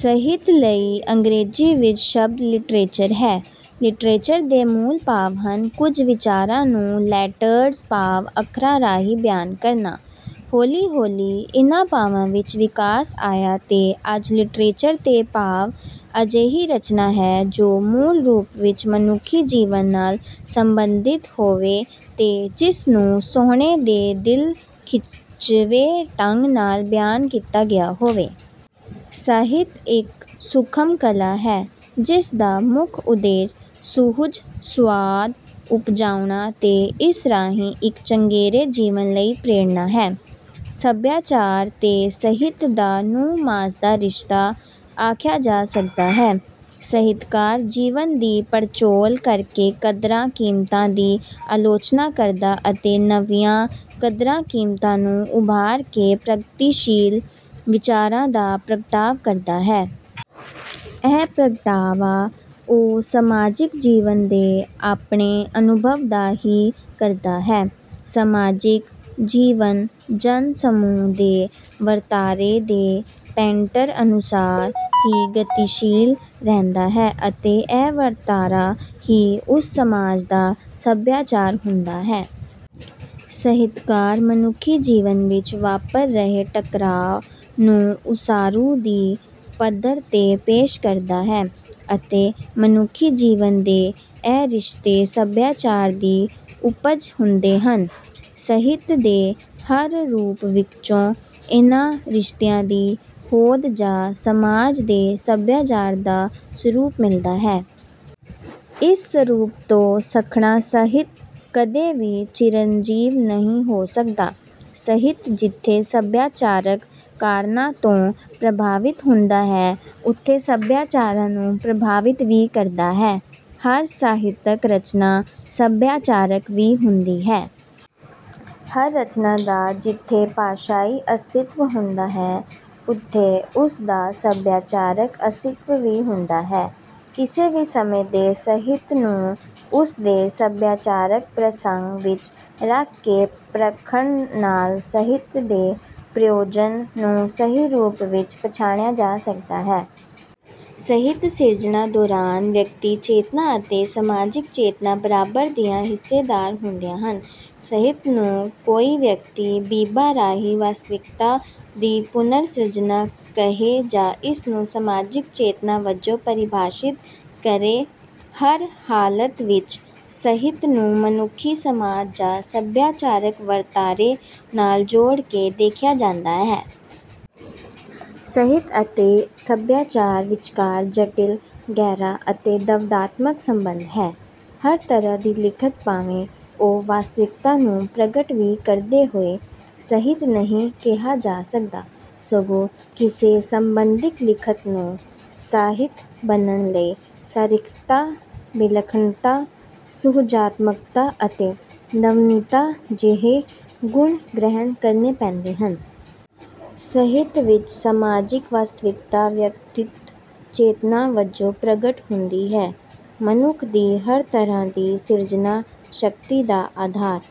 ਸਾਹਿਤ ਲਈ ਅੰਗਰੇਜ਼ੀ ਵਿੱਚ ਸ਼ਬਦ ਲਿਟਰੇਚਰ ਹੈ। ਲਿਟਰੇਚਰ ਦੇ ਮੂਲ ਭਾਵ ਹਨ ਕੁਝ ਵਿਚਾਰਾਂ ਨੂੰ ਲੈਟਰਜ਼ ਭਾਵ ਅੱਖਰਾਂ ਰਾਹੀਂ ਬਿਆਨ ਕਰਨਾ। ਹੌਲੀ-ਹੌਲੀ ਇਨ੍ਹਾਂ ਭਾਵਾਂ ਵਿੱਚ ਵਿਕਾਸ ਆਇਆ ਤੇ ਅੱਜ ਲਿਟਰੇਚਰ ਤੋਂ ਭਾਵ ਅਜਿਹੀ ਰਚਨਾ ਹੈ ਜੋ ਮੂਲ ਰੂਪ ਵਿੱਚ ਮਨੁੱਖੀ ਜੀਵਨ ਨਾਲ ਸੰਬੰਧਿਤ ਹੋਵੇ ਤੇ ਜਿਸਨੂੰ ਸੋਹਣੇ ਦੇ ਦਿਲ ਖਿੱਚਵੇਂ ਢੰਗ ਨਾਲ ਬਿਆਨ ਕੀਤਾ ਗਿਆ ਹੋਵੇ। ਸਾਹਿਤ ਇੱਕ ਸੂਖ਼ਮ ਕਲਾ ਹੈ ਜਿਸ ਦਾ ਮੁੱਖ ਉਦੇਸ਼ ਸੁਹਜ-ਸੁਆਦ ਉਪਜਾਉਣਾ ਤੇ ਇਸ ਰਾਹੀਂ ਇੱਕ ਚੰਗੇਰੇ ਜੀਵਨ ਲਈ ਪ੍ਰੇਰਣਾ ਹੈ। ਸਭਿਆਚਾਰ ਤੇ ਸਾਹਿਤ ਦਾ ਨਹੁੰ ਮਾਸ ਦਾ ਰਿਸ਼ਤਾ ਆਖਿਆ ਜਾ ਸਕਦਾ ਹੈ। ਸਾਹਿਤਕਾਰ ਜੀਵਨ ਦੀ ਪੜਚੋਲ ਕਰਕੇ ਕਦਰਾਂ-ਕੀਮਤਾਂ ਦੀ ਆਲੋਚਨਾ ਕਰਦਾ ਅਤੇ ਨਵੀਆਂ ਕਦਰਾਂ-ਕੀਮਤਾਂ ਨੂੰ ਉਭਾਰ ਕੇ ਪ੍ਰਗਤੀਸ਼ੀਲ ਵਿਚਾਰਾਂ ਦਾ ਪ੍ਰਗਟਾਵਾ ਕਰਦਾ ਹੈ। ਇਹ ਪ੍ਰਗਟਾਵਾ ਉਹ ਸਮਾਜਿਕ ਜੀਵਨ ਦੇ ਆਪਣੇ ਅਨੁਭਵ ਦਾ ਹੀ ਕਰਦਾ ਹੈ। ਸਮਾਜਿਕ, ਜੀਵਨ, ਜਨ ਸਮੂਹ ਦੇ ਵਰਤਾਰੇ ਦੇ ਪੈਟਰਨ ਅਨੁਸਾਰ ਹੀ ਗਤੀਸ਼ੀਲ ਰਹਿੰਦਾ ਹੈ ਅਤੇ ਇਹ ਵਰਤਾਰਾ ਹੀ ਉਸ ਸਮਾਜ ਦਾ ਸਭਿਆਚਾਰ ਹੁੰਦਾ ਹੈ। ਸਾਹਿਤਕਾਰ ਮਨੁੱਖੀ ਜੀਵਨ ਵਿੱਚ ਵਾਪਰ ਰਹੇ ਟਕਰਾਅ ਨੂੰ ਉਸਾਰੂ ਦੀ ਪੱਧਰ ਤੇ ਪੇਸ਼ ਕਰਦਾ ਹੈ ਅਤੇ ਮਨੁੱਖੀ ਜੀਵਨ ਦੇ ਇਹ ਰਿਸ਼ਤੇ ਸਭਿਆਚਾਰ ਦੀ ਉੱਪਜ ਹੁੰਦੇ ਹਨ। ਸਾਹਿਤ ਦੇ ਹਰ ਰੂਪ ਵਿਚੋਂ ਇਹਨਾਂ ਰਿਸ਼ਤਿਆਂ ਦੀ ਹੋਂਦ ਜਾਂ ਸਮਾਜ ਦੇ ਸਭਿਆਚਾਰ ਦਾ ਸਰੂਪ ਮਿਲਦਾ ਹੈ। ਇਸ ਸਰੂਪ ਤੋਂ ਸੱਖਣਾ ਸਾਹਿਤ ਕਦੇ ਵੀ ਚਿਰੰਜੀਵ ਨਹੀਂ ਹੋ ਸਕਦਾ। ਸਾਹਿਤ ਜਿਥੇ ਸਭਿਆਚਾਰਕ ਕਾਰਨਾਂ ਤੋਂ ਪ੍ਰਭਾਵਿਤ ਹੁੰਦਾ ਹੈ, ਉਥੇ ਸਭਿਆਚਾਰ ਨੂੰ ਪ੍ਰਭਾਵਿਤ ਵੀ ਕਰਦਾ ਹੈ। ਹਰ ਸਾਹਿਤਕ ਰਚਨਾ ਸਭਿਆਚਾਰਕ ਵੀ ਹੁੰਦੀ ਹੈ। ਹਰ ਰਚਨਾ ਦਾ ਜਿੱਥੇ ਭਾਸ਼ਾਈ ਅਸਤਿਤਵ ਹੁੰਦਾ ਹੈ, ਉੱਥੇ ਉਸ ਦਾ ਸਭਿਆਚਾਰਕ ਅਸਤਿਤਵ ਵੀ ਹੁੰਦਾ ਹੈ। ਕਿਸੇ ਵੀ ਸਮੇਂ ਦੇ ਸਾਹਿਤ ਨੂੰ ਉਸ ਦੇ ਸਭਿਆਚਾਰਕ ਪ੍ਰਸੰਗ ਵਿੱਚ ਰੱਖ ਕੇ ਪਰਖਣ ਨਾਲ ਸਾਹਿਤ ਦੇ ਪ੍ਰਯੋਜਨ ਨੂੰ ਸਹੀ ਰੂਪ ਵਿੱਚ ਪਛਾਣਿਆ ਜਾ ਸਕਦਾ ਹੈ। ਸਾਹਿਤ ਸਿਰਜਣਾ ਦੌਰਾਨ ਵਿਅਕਤੀ ਚੇਤਨਾ ਅਤੇ ਸਮਾਜਿਕ ਚੇਤਨਾ ਬਰਾਬਰ ਦੀਆਂ ਹਿੱਸੇਦਾਰ ਹੁੰਦੀਆਂ ਹਨ। ਸਾਹਿਤ ਨੂੰ ਕੋਈ ਵਿਅਕਤੀ ਬਿੰਬਾਂ ਰਾਹੀਂ ਵਾਸਤਵਿਕਤਾ ਦੀ ਪੁਨਰ ਸਿਰਜਣਾ ਕਹੇ ਜਾਂ ਇਸਨੂੰ ਸਮਾਜਿਕ ਚੇਤਨਾ ਵਜੋਂ ਪਰਿਭਾਸ਼ਿਤ ਕਰੇ ਹਰ ਹਾਲਤ ਵਿੱਚ ਸਾਹਿਤ ਨੂੰ ਮਨੁੱਖੀ ਸਮਾਜ ਜਾਂ ਸਭਿਆਚਾਰਕ ਵਰਤਾਰੇ ਨਾਲ ਜੋੜ ਕੇ ਦੇਖਿਆ ਜਾਂਦਾ ਹੈ। ਸਾਹਿਤ ਅਤੇ ਸਭਿਆਚਾਰ ਵਿਚਕਾਰ ਜਟਿਲ, ਗਹਿਰਾ ਅਤੇ ਦਵੰਦਾਤਮਕ ਸੰਬੰਧ ਹੈ। ਹਰ ਤਰ੍ਹਾਂ ਦੀ ਲਿਖਤ ਭਾਵੇਂ ਉਹ ਵਾਸਤਵਿਕਤਾ ਨੂੰ ਪ੍ਰਗਟ ਵੀ ਕਰਦੀ ਹੋਵੇ, ਸਾਹਿਤ ਨਹੀਂ ਕਿਹਾ ਜਾ ਸਕਦਾ, ਸਗੋਂ ਕਿਸੇ ਸ਼ਾਬਦਿਕ ਲਿਖਤ ਨੂੰ ਸਾਹਿਤ ਬਨਣ ਲਈ ਸਾਰਥਿਕਤਾ, ਵਿਲੱਖਣਤਾ, ਸੁਹਜਾਤਮਕਤਾ ਅਤੇ ਨਵੀਨਤਾ ਜਿਹੇ ਗੁਣ ਗ੍ਰਹਿਣ ਕਰਨੇ ਪੈਂਦੇ ਹਨ। ਸਾਹਿਤ ਵਿੱਚ ਸਮਾਜਿਕ ਵਾਸਤਵਿਕਤਾ ਵਿਅਕਤੀ ਚੇਤਨਾ ਵਜੋਂ ਪ੍ਰਗਟ ਹੁੰਦੀ ਹੈ। ਮਨੁੱਖ ਦੀ ਹਰ ਤਰ੍ਹਾਂ ਦੀ ਸਿਰਜਨ ਸ਼ਕਤੀ ਦਾ ਆਧਾਰ